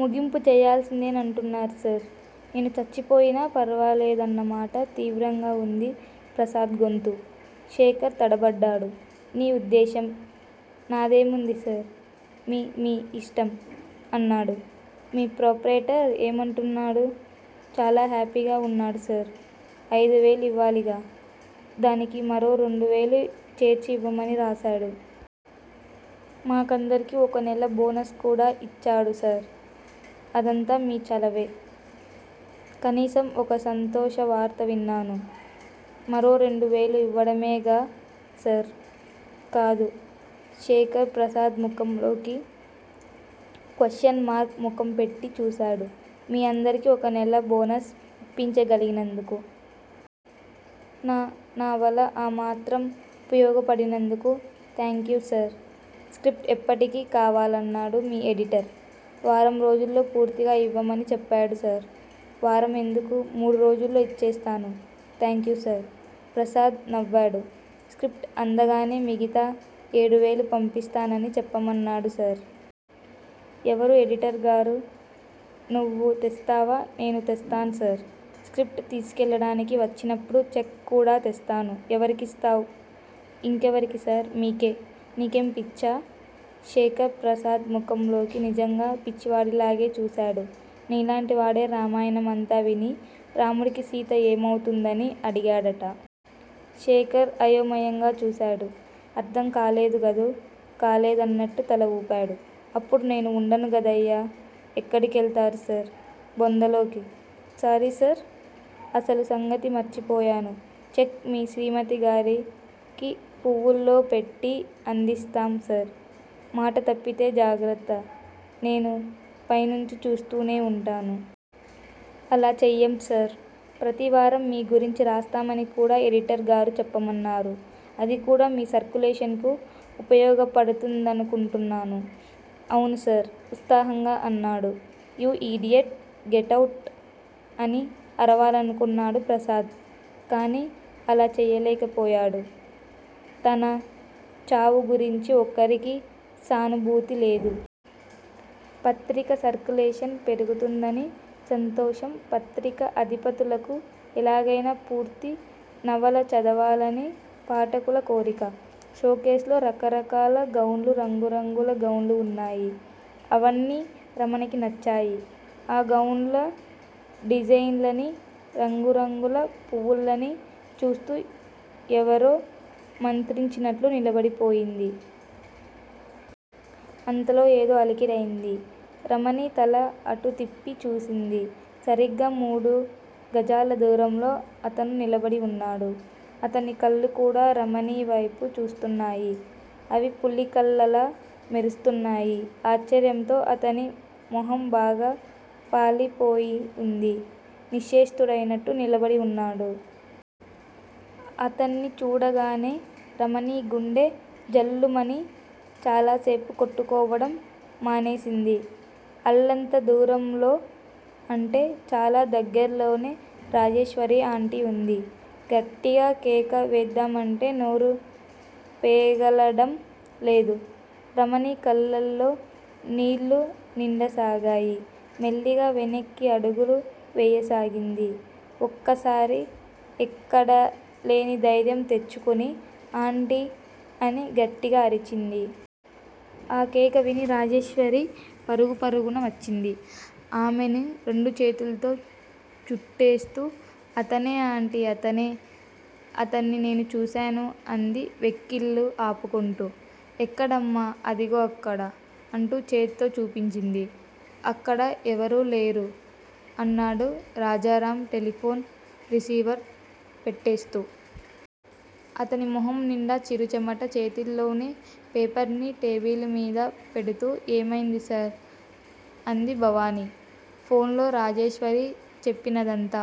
ముగింపు చెయ్యాల్సిందేనంటున్నారు సర్! నేను చచ్చిపోయినా పర్వాలేదన్న మాట! తీవ్రంగా ఉంది ప్రసాద్ గొంతు. శేఖర్ తడబడ్డాడు. నీ ఉద్దేశ్యం? నాదేముంది సర్! మీ మీ ఇష్టం! అన్నాడు. మీ ప్రొప్రయిటర్ ఏమంటున్నాడు? చాలా హ్యాపీగా ఉన్నాడు సర్! ఐదు వేలు ఇవ్వాలిగా? దానికి మరో రెండు వేలు చేర్చి ఇవ్వమని రాశారు. మా కందరికి ఒక నెల బోనస్ కూడా ఇచ్చాడు సర్! అదంతా మీ చలవే! కనీసం ఒక సంతోష వార్త విన్నాను. మరో రెండు వేలు ఇవ్వడమేగా సర్! కాదు. శేఖర్ ప్రసాద్ ముఖంలోకి క్వశ్చన్ మార్కు ముఖం పెట్టి చూశాడు. మీ అందరికీ ఒక నెల బోనస్ ఇప్పించగలిగినందుకు. నా నవల ఆ మాత్రం ఉపయోగపడినందుకు. Thank you sir! స్క్రిప్టు ఎప్పటికి కావాలన్నాడు మీ ఎడిటర్? వారం రోజుల్లో పూర్తిగా ఇవ్వమని చెప్పాడు సర్! వారం ఎందుకూ? మూడు రోజుల్లో ఇచ్చేస్తాను. Thank you sir! ప్రసాద్ నవ్వాడు. స్క్రిప్టు అందగానే మిగతా ఏడు వేలు పంపిస్తానని చెప్పమన్నాడు సర్! ఎవరు? ఎడిటర్ గారు! నువ్వు తెస్తావా? నేనే తెస్తాను సర్! స్క్రిప్టు తీసుకెళ్ళడానికి వచ్చినప్పుడు చెక్కు కూడా తెస్తాను. ఎవరికిస్తావ్? ఇంకెవరికి సర్? మీకే! నీకేం పిచ్చా? శేఖర్ ప్రసాద్ ముఖంలోకి నిజంగా పిచ్చివాడిలాగే చూశాడు. నీలాంటివాడే రామాయణం అంతా విని రాముడికి సీత ఏమౌతుందని అడిగాడట. శేఖర్ అయోమయంగా చూశాడు. అర్థం కాలేదుగదూ? 'కాలేదు' అన్నట్టు తల ఊపాడు. అప్పుడు నేను ఉండను గదయ్యా! ఎక్కడి కెళ్తారు సర్? బొందలోకి! Sorry sir! అసలు సంగతి మర్చిపోయాను. చెక్కు మీ శ్రీమతిగారికి పువ్వుల్లో పెట్టి అందిస్తాం సర్! మాట తప్పితే జాగ్రత్త! నేను పైనుంచి చూస్తూనే ఉంటాను. అలా చెయ్యం సార్! ప్రతి వారం మీ గురించి రాస్తామని కూడా ఎడిటర్ గారు చెప్పమన్నారు. అదికూడా మీ సర్క్యులేషన్ కు ఉపయోగపడ్తుందనుకొంటాను. అవును సర్! ఉస్తాహంగా అన్నాడు. 'You idiot! Get out! ' అని అరవాలనుకొన్నాడు ప్రసాద్. కాని అలా చెయ్యలేకపోయాడు. తన చావు గురించి ఒక్కరికీ సానుభూతి లేదు. పత్రిక సర్కులేషన్ పెరుగుతుందని సంతోషం పత్రిక అధిపతులకు. ఎలాగయినా పూర్తి నవల చదవాలని పాఠకుల కోరిక. షో కేసుల్లో రకరకాల గౌన్లు రంగు రంగుల గౌన్లు ఉన్నాయి. అవన్నీ రమణికి నచ్చాయి. ఆ గౌన్ల డిజైన్లనీ, రంగు రంగుల పువ్వుల్నీ చూస్తూ ఎవరో మంత్రించినట్లు నిలబడిపోయింది. అంతలో ఏదో అలికిరి అయింది. రమణి తల అటు తిప్పి చూసింది. సరిగ్గా మూడు గజాల దూరంలో 'అతను' నిలబడి ఉన్నాడు! అతని కళ్ళు కూడా రమణి వేపే చూస్తునాయి. అవి పులి కళ్ళలా మెరుస్తున్నాయి. ఆశ్చర్యంతో 'అతని' మొహం బాగా పాలిపోయి ఉంది. నిశ్చేష్టుడైనట్టు నిలబడి ఉన్నాడు. అతన్ని చూడగానే రమణి గుండె ఝల్లుమని చాలాసేపు కొట్టుకోవటం మానేసింది. అల్లంత దూరంలో అంటే చాలా దగ్గర్లోనే రాజేశ్వరి ఆంటీ ఉంది. గట్టిగా కేక వేద్దామంటే నోరు పెగలడం లేదు. రమణి కళ్ళలో నీళ్ళు నిండసాగాయి. మెల్లిగా వెనక్కి అడుగులు వెయ్యసాగింది. ఒక్కసారి ఎక్కడలేని ధైర్యం తెచ్చుకుని ఆంటీ అని గట్టిగా అరిచింది. ఆ కేక విని రాజేశ్వరి పరుగు పరుగున వచ్చింది. ఆమెని రెండు చేతుల్తో చుట్టేస్తూ అతనే ఆంటీ అతనే! అతన్ని నేను చూశాను! అంది వెక్కిళ్ళు ఆపుకొంటూ. ఎక్కడమ్మా? అదిగో అక్కడ! అంటూ చేత్తో చూపించింది. అక్కడ ఎవరూ లేరు! అన్నాడు రాజారామ్ టెలిఫోన్ రిసీవర్ పెట్టేస్తూ. అతని మొహం నిండా చిరు చెమట. చేతిలోని పేపర్ని టేబిలు మీద పెడ్తూ ఏమయింది సర్? అంది భవాని. ఫోన్ లో రాజేశ్వరి చెప్పినదంతా